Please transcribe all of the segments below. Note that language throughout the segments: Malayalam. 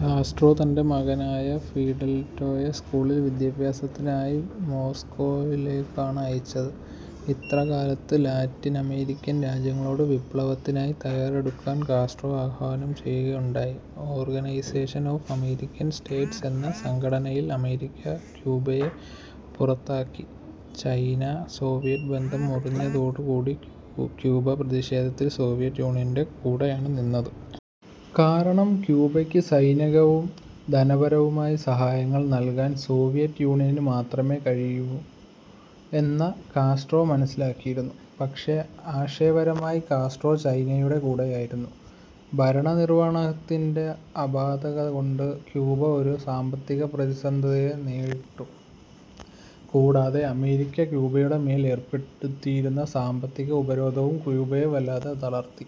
കാസ്ട്രോ തൻറെ മകനായ ഫിഡെലിറ്റോയെ സ്കൂളിൽ വിദ്യാഭ്യാസത്തിനായി മോസ്കോയിലേക്കാണ് അയച്ചത്. ഇത്രകാലത്ത് ലാറ്റിനമേരിക്കൻ രാജ്യങ്ങളോട് വിപ്ലവത്തിനായി തയ്യാറെടുക്കാൻ കാസ്ട്രോ ആഹ്വാനം ചെയ്യുകയുണ്ടായി. ഓർഗനൈസേഷൻ ഓഫ് അമേരിക്കൻ സ്റ്റേറ്റ്സ് എന്ന സംഘടനയിൽ അമേരിക്ക ക്യൂബയെ പുറത്താക്കി. ചൈന സോവിയറ്റ് ബന്ധം മുറിഞ്ഞതോടുകൂടി ക്യൂബ പ്രതിഷേധത്തിൽ സോവിയറ്റ് യൂണിയൻറെ കൂടെയാണ് നിന്നത്. കാരണം ക്യൂബയ്ക്ക് സൈനികവും ധനപരവുമായ സഹായങ്ങൾ നൽകാൻ സോവിയറ്റ് യൂണിയനു മാത്രമേ കഴിയൂ എന്ന് കാസ്ട്രോ മനസ്സിലാക്കിയിരുന്നു. പക്ഷേ ആശയപരമായി കാസ്ട്രോ ചൈനയുടെ കൂടെയായിരുന്നു. ഭരണനിർവഹണത്തിന്റെ അപാകതകൊണ്ട് ക്യൂബ ഒരു സാമ്പത്തിക പ്രതിസന്ധിയെ നേരിട്ടു. കൂടാതെ അമേരിക്ക ക്യൂബയുടെ മേൽ ഏർപ്പെടുത്തിയിരുന്ന സാമ്പത്തിക ഉപരോധവും ക്യൂബയെ വല്ലാതെ തളർത്തി.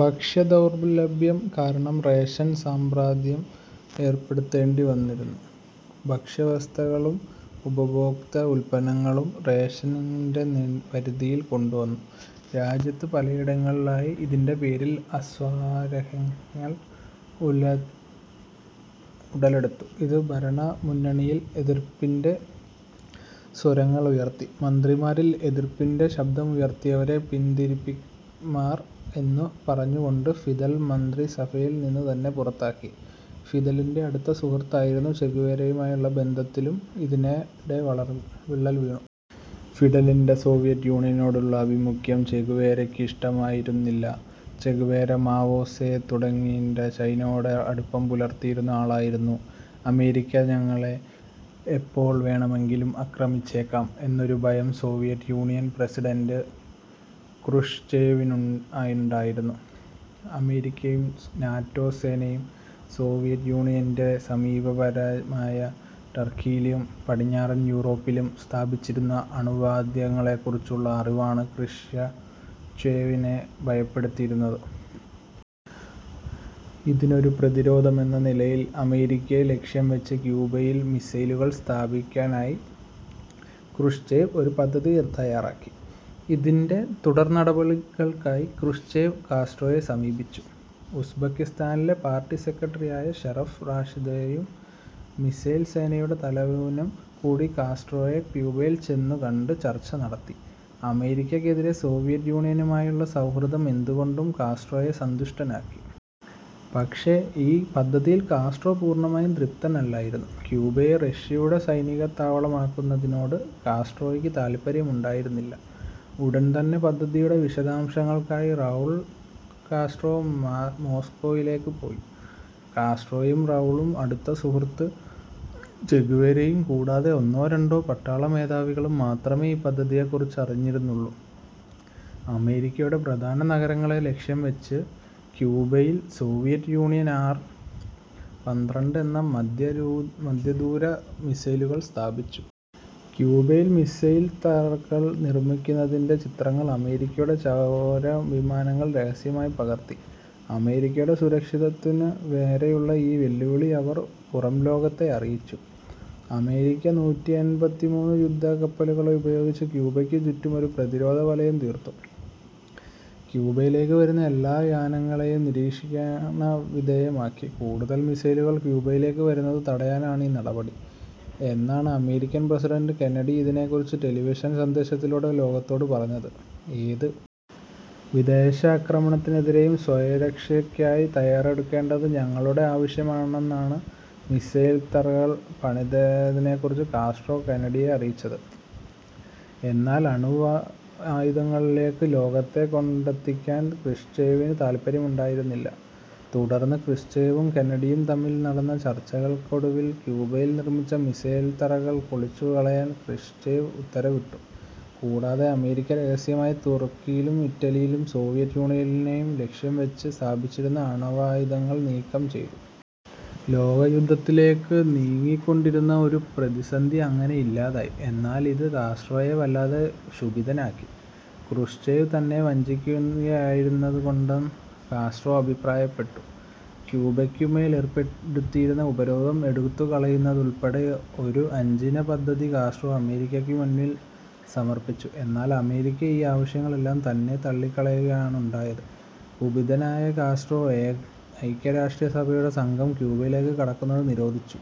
ഭക്ഷ്യദൗർലഭ്യം കാരണം റേഷൻ സമ്പ്രദായം ഏർപ്പെടുത്തേണ്ടിവന്നു. ഭക്ഷ്യവസ്തുക്കളും ഉപഭോക്തൃ ഉൽപ്പന്നങ്ങളും റേഷനിങ്ങിൻറെ പരിധിയിൽ കൊണ്ടുവന്നു. രാജ്യത്ത് പലയിടങ്ങളിലായി ഇതിൻറെ പേരിൽ അസ്വാരങ്ങൾഉല ഉടലെടുത്തു. ഇത് ഭരണ മുന്നണിയിൽ എതിർപ്പിൻറെ സ്വരങ്ങളുയർത്തി. മന്ത്രിമാരിൽ എതിർപ്പിൻറെ ശബ്ദമുയർത്തിയവരെ പിന്തിരിപ്പന്മാർ എന്നു പറഞ്ഞുകൊണ്ട് ഫിദൽ മന്ത്രിസഭയിൽനിന്നുതന്നെ പുറത്താക്കി. ഫിദലിൻറെ അടുത്ത സുഹൃത്തായിരുന്ന ചെഗുവേരയുമായുള്ള ബന്ധത്തിലും ഇതിനിടെവളർ വിള്ളൽ വീണു. ഫിദലിൻറെ സോവിയറ്റ് യൂണിയനോടുള്ള ആഭിമുഖ്യം ചെഗുവേരയ്ക്ക് ഇഷ്ടമായിരുന്നില്ല. ചെ ഗുവേര മാവോ സേ തുടങ്ങി ങ്ങിൻറെ ചൈനയോട് അടുപ്പം പുലർത്തിയിരുന്ന ആളായിരുന്നു. അമേരിക്ക തങ്ങളെ എപ്പോൾ വേണമെങ്കിലും ആക്രമിച്ചേക്കാം എന്നൊരു ഭയം സോവിയറ്റ് യൂണിയൻ പ്രസിഡന്റ് ക്രൂഷ്ചേവിനുണ്ടായിരുന്നു. അമേരിക്കയും നാറ്റോ സേനയും സോവിയറ്റ് യൂണിയൻറെ സമീപരാജ്യമായ ടർക്കിയിലും പടിഞ്ഞാറൻ യൂറോപ്പിലും സ്ഥാപിച്ചിരുന്ന ആണവായുധങ്ങളെക്കുറിച്ചുള്ള അറിവാണ് ക്രൂഷ്ചേവിനെ ഭയപ്പെടുത്തിയിരുന്നത്. ഇതിനൊരു പ്രതിരോധം എന്ന നിലയിൽ അമേരിക്കയെ ലക്ഷ്യംവെച്ച് ക്യൂബയിൽ മിസൈലുകൾ സ്ഥാപിക്കാനായി ക്രൂഷ്ചേവ് ഒരു പദ്ധതി തയ്യാറാക്കി. ഇതിൻറെ തുടർനടപടികൾക്കായി ക്രൂഷ്ചേവ് കാസ്ട്രോയെ സമീപിച്ചു. ഉസ്ബക്കിസ്ഥാനിലെ പാർട്ടി സെക്രട്ടറിയായ ഷറഫ് റാഷിദോവും മിസൈൽ സേനയുടെ തലവനും കൂടി കാസ്ട്രോയെ ക്യൂബയിൽ ചെന്നുകണ്ട് ചർച്ച നടത്തി. അമേരിക്കക്കെതിരേ സോവിയറ്റ് യൂണിയനുമായുള്ള സൗഹൃദം എന്തുകൊണ്ടും കാസ്ട്രോയെ സന്തുഷ്ടനാക്കി. പക്ഷേ ഈ പദ്ധതിയിൽ കാസ്ട്രോ പൂർണ്ണ തൃപ്തനല്ലായിരുന്നു. ക്യൂബയെ റഷ്യയുടെ സൈനികത്താവളമാക്കുന്നതിനോട് കാസ്ട്രോയ്ക്ക് താൽപര്യമുണ്ടായിരുന്നില്ല. ഉടൻതന്നെ പദ്ധതിയുടെ വിശദാംശങ്ങൾക്കായി റൗൾ കാസ്ട്രോ മോസ്കോയിലേക്ക് പോയി. കാസ്ട്രോയും റൗളും അടുത്ത സുഹൃത്ത് ചെ ഗുവേരയും കൂടാതെ ഒന്നോ രണ്ടോ പട്ടാള മേധാവികളും മാത്രമേ ഈ പദ്ധതിയെക്കുറിച്ച് അറിഞ്ഞിരുന്നുള്ളൂ. അമേരിക്കയുടെ പ്രധാന നഗരങ്ങളെ ലക്ഷ്യംവെച്ച് ക്യൂബയിൽ സോവിയറ്റ് യൂണിയൻ ആർ പന്ത്രണ്ട് എന്ന മധ്യധൂ മധ്യദൂര മിസൈലുകൾ സ്ഥാപിച്ചു. ക്യൂബയിൽ മിസൈൽത്തറകൾ നിർമ്മിക്കുന്നതിൻറെ ചിത്രങ്ങൾ അമേരിക്കയുടെ ചാരവിമാനങ്ങൾ രഹസ്യമായി പകർത്തി. അമേരിക്കയുടെ സുരക്ഷിതത്വത്തിനു നേരെയുള്ള ഈ വെല്ലുവിളി അവർ പുറംലോകത്തെ അറിയിച്ചു. അമേരിക്ക നൂറ്റിയെൺപത്തിമൂന്ന് യുദ്ധക്കപ്പലുകളുപയോഗിച്ച് ക്യൂബയ്ക്കു ചുറ്റും ഒരു പ്രതിരോധവലയം തീർത്തു. ക്യൂബയിലേക്ക് വരുന്ന എല്ലാ യാനങ്ങളേയുംനിരീക്ഷിക്ക നിരീക്ഷണവിധേയമാക്കി. കൂടുതൽ മിസൈലുകൾ ക്യൂബയിലേക്ക് വരുന്നത് തടയാനാണ് ഈ നടപടി എന്നാണ് അമേരിക്കൻ പ്രസിഡന്റ് കെന്നഡി ഇതിനെക്കുറിച്ച് ടെലിവിഷൻ സന്ദേശത്തിലൂടെ ലോകത്തോട് പറഞ്ഞത്. ഏത് വിദേശ ആക്രമണത്തിനെതിരെയും സ്വയരക്ഷയ്ക്കായി തയ്യാറെടുക്കേണ്ടത് ഞങ്ങളുടെ ആവശ്യമാണെന്നാണ് മിസൈൽത്തറകൾ പണിതതിനെക്കുറിച്ച് കാസ്ട്രോ കെന്നഡിയെ അറിയിച്ചത്. എന്നാൽ അണുവായുധങ്ങളിലേക്ക് ലോകത്തെ കൊണ്ടെത്തിക്കാൻ ക്രൂഷ്ചേവിന് താൽപര്യമുണ്ടായിരുന്നില്ല. തുടർന്ന് ക്രൂഷ്ചേവും കെന്നഡിയും തമ്മിൽ നടന്ന ചർച്ചകൾക്കൊടുവിൽ ക്യൂബയിൽ നിർമ്മിച്ച മിസൈൽത്തറകൾ പൊളിച്ചുകളയാൻ ക്രൂഷ്ചേവ് ഉത്തരവിട്ടു. കൂടാതെ അമേരിക്ക രഹസ്യമായി തുർക്കിയിലും ഇറ്റലിയിലും സോവിയറ്റ് യൂണിയനെ ലക്ഷ്യംവെച്ച് സ്ഥാപിച്ചിരുന്ന ആണവായുധങ്ങളും നീക്കം ചെയ്തു. ലോകയുദ്ധത്തിലേക്ക് നീങ്ങിക്കൊണ്ടിരുന്ന ഒരു പ്രതിസന്ധി അങ്ങനെ ഇല്ലാതായി. എന്നാൽ ഇത് കാസ്ട്രോയെ വല്ലാതെ ക്ഷുഭിതനാക്കി. ക്രൂഷ്ചേവ് തന്നെ വഞ്ചിക്കുകയായിരുന്നത് കൊണ്ട് കാസ്ട്രോ അഭിപ്രായപ്പെട്ടു. ക്യൂബയ്ക്കുമേൽ ഏർപ്പെടുത്തിയിരുന്ന ഉപരോധം എടുത്തുകളയുന്നതുൾപ്പെടെ ഒരു അഞ്ചിന പദ്ധതി കാസ്ട്രോ അമേരിക്കയ്ക്കു മുമ്പിൽ സമർപ്പിച്ചു. എന്നാൽ അമേരിക്ക ഈ ആവശ്യങ്ങളെല്ലാം തന്നെ തള്ളിക്കളയുകയാണുണ്ടായത്. കുപിതനായ കാസ്ട്രോ ഐക്യരാഷ്ട്രസഭയുടെ സംഘം ക്യൂബയിലേക്ക് കടക്കുന്നത് നിരോധിച്ചു.